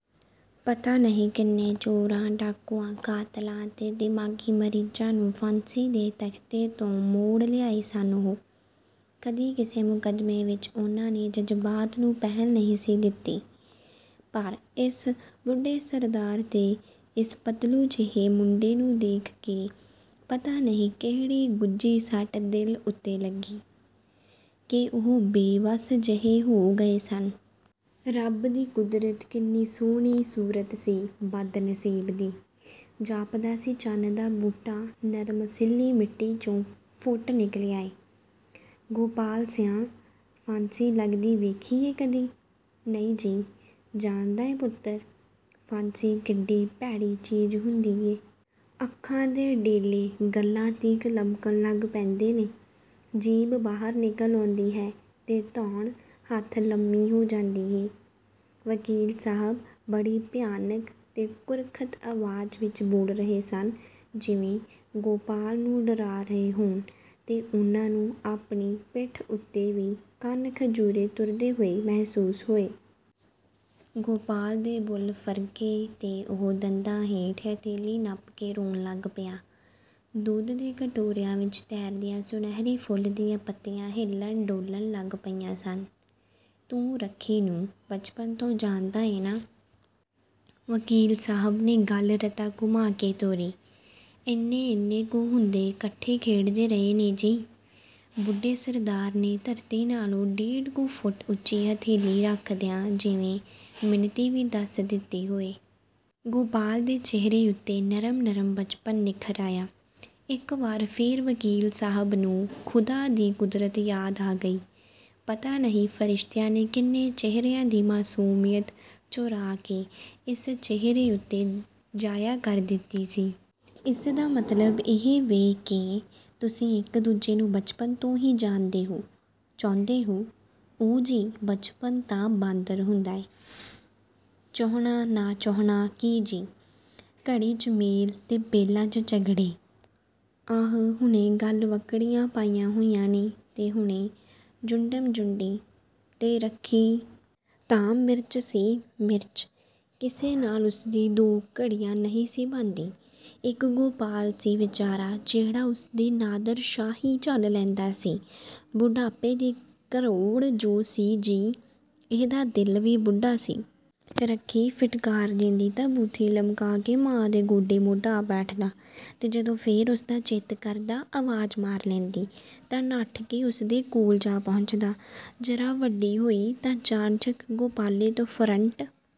ਪਤਾ ਨਹੀਂ ਕਿੰਨੇ ਚੋਰਾਂ, ਡਾਕੂਆਂ, ਕਾਤਲਾਂ ਅਤੇ ਦਿਮਾਗ਼ੀ ਮਰੀਜ਼ਾਂ ਨੂੰ ਫਾਂਸੀ ਦੇ ਤਖ਼ਤੇ ਤੋਂ ਮੋੜ ਲਿਆਏ ਸਨ ਉਹ, ਕਦੀ ਕਿਸੇ ਮੁਕੱਦਮੇਂ ਵਿੱਚ ਉਹਨਾਂ ਨੇ ਜਜ਼ਬਾਤ ਨੂੰ ਪਹਿਲ ਨਹੀਂ ਸੀ ਦਿੱਤੀ। ਪਰ ਇਸ ਬੁੱਢੇ ਸਰਦਾਰ ਤੇ ਇਸ ਪਤਲੂ ਜਿਹੇ ਮੁੰਡੇ ਨੂੰ ਦੇਖ ਕੇ ਪਤਾ ਨਹੀਂ ਕਿਹੜੀ ਗੁੱਝੀ ਸੱਟ ਦਿਲ ਉੱਤੇ ਲੱਗੀ, ਕਿ ਉਹ ਬੇਵੱਸ ਜਿਹੇ ਹੋ ਗਏ ਸਨ। ਰੱਬ ਦੀ ਕੁਦਰਤ ਕਿੰਨੀ ਸੋਹਣੀ ਸੂਰਤ ਸੀ ਬਦਨਸੀਬ ਦੀ! ਜਾਪਦਾ ਸੀ ਚੰਨ ਦਾ ਬੂਟਾ, ਨਰਮ ਸਿੱਲ੍ਹੀ ਮਿੱਟੀ 'ਚੋਂ ਫੁੱਟ ਨਿਕਲਿਆ ਏ। "ਗੋਪਾਲ ਸਿਆਂ, ਫਾਂਸੀ ਲੱਗਦੀ ਵੇਖੀ ਏ ਕਦੀ?""ਨਹੀਂ ਜੀ।" "ਜਾਣਦਾ ਏਂ ਪੁੱਤਰ, ਫਾਂਸੀ ਕਿੱਡੀ ਭੈੜੀ ਚੀਜ਼ ਹੁੰਦੀ ਏ?" "ਅੱਖਾਂ ਦੇ ਡੇਲੇ ਗੱਲ੍ਹਾਂ ਤੀਕ ਲਮਕਣ ਲੱਗ ਪੈਂਦੇ ਨੇ, ਜੀਭ ਬਾਹਰ ਨਿਕਲ ਆਉਂਦੀ ਹੈ ਤੇ ਧੌਣ ਹੱਥ ਲੰਮੀ ਹੋ ਜਾਂਦੀ ਏ।" ਵਕੀਲ ਸਾਹਬ ਬੜੀ ਭਿਆਨਕ ਤੇ ਕੁਰਖ਼ਤ ਆਵਾਜ਼ ਵਿਚ ਬੋਲ ਰਹੇ ਸਨ ਜਿਵੇਂ, ਗੋਪਾਲ ਨੂੰ ਡਰਾ ਰਹੇ ਹੋਣ ਤੇ ਉਹਨਾਂ ਨੂੰ ਆਪਣੀ ਪਿੱਠ ਉੱਤੇ ਵੀ ਕੰਨ-ਖਜੂਰੇ ਤੁਰਦੇ ਹੋਏ ਮਹਿਸੂਸ ਹੋਏ। ਗੋਪਾਲ ਦੇ ਬੁੱਲ੍ਹ ਫਰਕੇ ਤੇ ਉਹ ਦੰਦਾਂ ਹੇਠ ਹਥੇਲੀ ਨੱਪ ਕੇ ਰੋਣ ਲੱਗ ਪਿਆ। ਦੁੱਧ ਦੇ ਕਟੋਰਿਆਂ ਵਿਚ ਤੈਰਦੀਆਂ, ਸੁਨਹਿਰੀ ਫੁੱਲ ਦੀਆਂ ਪੱਤੀਆਂ ਹਿੱਲਣ-ਡੋਲਣ ਲੱਗ ਪਈਆਂ ਸਨ। "ਤੂੰ ਰੱਖੀ ਨੂੰ ਬਚਪਨ ਤੋਂ ਜਾਣਦਾ ਏਂ ਨਾ?" ਵਕੀਲ ਸਾਹਬ ਨੇ ਗੱਲ ਰਤਾ ਘੁਮਾਅ ਕੇ ਤੋਰੀ। "ਏਨੇ-ਏਨੇ ਕੁ ਹੁੰਦੇ 'ਕੱਠੇ ਖੇਡਦੇ ਰਹੇ ਨੇ ਜੀ" ਬੁੱਢੇ ਸਰਦਾਰ ਨੇ, ਧਰਤੀ ਨਾਲੋਂ ਡੇਢ ਕੁ ਫੁੱਟ ਉੱਚੀ ਹਥੇਲੀ ਰੱਖਦਿਆਂ ਜਿਵੇਂ, ਮਿਣਤੀ ਵੀ ਦੱਸ ਦਿੱਤੀ ਹੋਏ। ਗੋਪਾਲ ਦੇ ਚਿਹਰੇ ਉੱਤੇ ਨਰਮ-ਨਰਮ ਬਚਪਨ ਨਿੱਖਰ ਆਇਆ। ਇਕ ਵਾਰ ਫੇਰ ਵਕੀਲ ਸਾਹਬ ਨੂੰ ਖ਼ੁਦਾ ਦੀ ਕੁਦਰਤ ਯਾਦ ਆ ਗਈ। ਪਤਾ ਨਹੀਂ ਫਰਿਸ਼ਤਿਆਂ ਨੇ ਕਿੰਨੇ ਚਿਹਰਿਆਂ ਦੀ ਮਾਸੂਮੀਅਤ ਚੁਰਾਅ ਕੇ ਇਸ ਚਿਹਰੇ ਉੱਤੇ ਜਾਇਆ ਕਰ ਦਿੱਤੀ ਸੀ! "ਇਸ ਦਾ ਮਤਲਬ ਇਹ ਵੇ ਕਿ ਤੁਸੀਂ ਇਕ ਦੂਜੇ ਨੂੰ ਬਚਪਨ ਤੋਂ ਹੀ ਜਾਣਦੇ ਹੋ?--ਚਾਹੁੰਦੇ ਹੋ?" "ਓ ਜੀ, ਬਚਪਨ ਤਾਂ ਬਾਂਦਰ ਹੁੰਦਾ ਏ, ਚਾਹੁਣਾ ਨਾ ਚਾਹੁਣਾ ਕੀ ਜੀ। ਘੜੀ 'ਚ ਮੇਲ ਤੇ ਪਲਾਂ 'ਚ ਝਗੜੇ, ਆਹ ਹੁਣੇ ਗਲਵੱਕੜੀਆਂ ਪਾਈਆਂ ਹੋਈਆਂ ਨੇ ਤੇ ਹੁਣੇ ਜੁੰਡਮ-ਜੁੰਡੀ ।ਤੇ, ਰੱਖੀ ਤਾਂ ਮਿਰਚ ਸੀ, ਮਿਰਚ! ਕਿਸੇ ਨਾਲ ਉਸਦੀ ਦੋ ਘੜੀਆਂ ਨਹੀਂ ਸੀ ਬਣਦੀ। ਇੱਕ ਗੋਪਾਲ ਸੀ ਵਿਚਾਰਾ ਜਿਹੜਾ ਉਸਦੀ ਨਾਦਰ ਸ਼ਾਹੀ ਝੱਲ ਲੈਂਦਾ ਸੀ--ਬੁੱਢਾਪੇ ਦੀ ਘਰੋੜ ਜੋ ਸੀ ਜੀ। ਇਹਦਾ ਦਿਲ ਵੀ ਬੁੱਢਾ ਸੀ। ਰੱਖੀ ਫਿਟਕਾਰ ਦੇਂਦੀ ਤਾਂ ਬੂਥੀ ਲਮਕਾਅ ਕੇ ਮਾਂ ਦੇ ਗੋਡੇ ਮੁੱਢ ਆ ਬੈਠਦਾ ਤੇ ਜਦੋਂ ਫੇਰ ਉਸਦਾ ਚਿੱਤ ਕਰਦਾ, ਆਵਾਜ ਮਾਰ ਲੈਂਦੀ ,ਤਾਂ ਨੱਠ ਕੇ ਉਸਦੇ ਕੋਲ ਜਾ ਪਹੁੰਚਦਾ। ਜ਼ਰਾ ਵੱਡੀ ਹੋਈ ਤਾਂ ਚਾਣਚੱਕ ਗੋਪਾਲੇ ਤੋਂ ਫਰੰਟ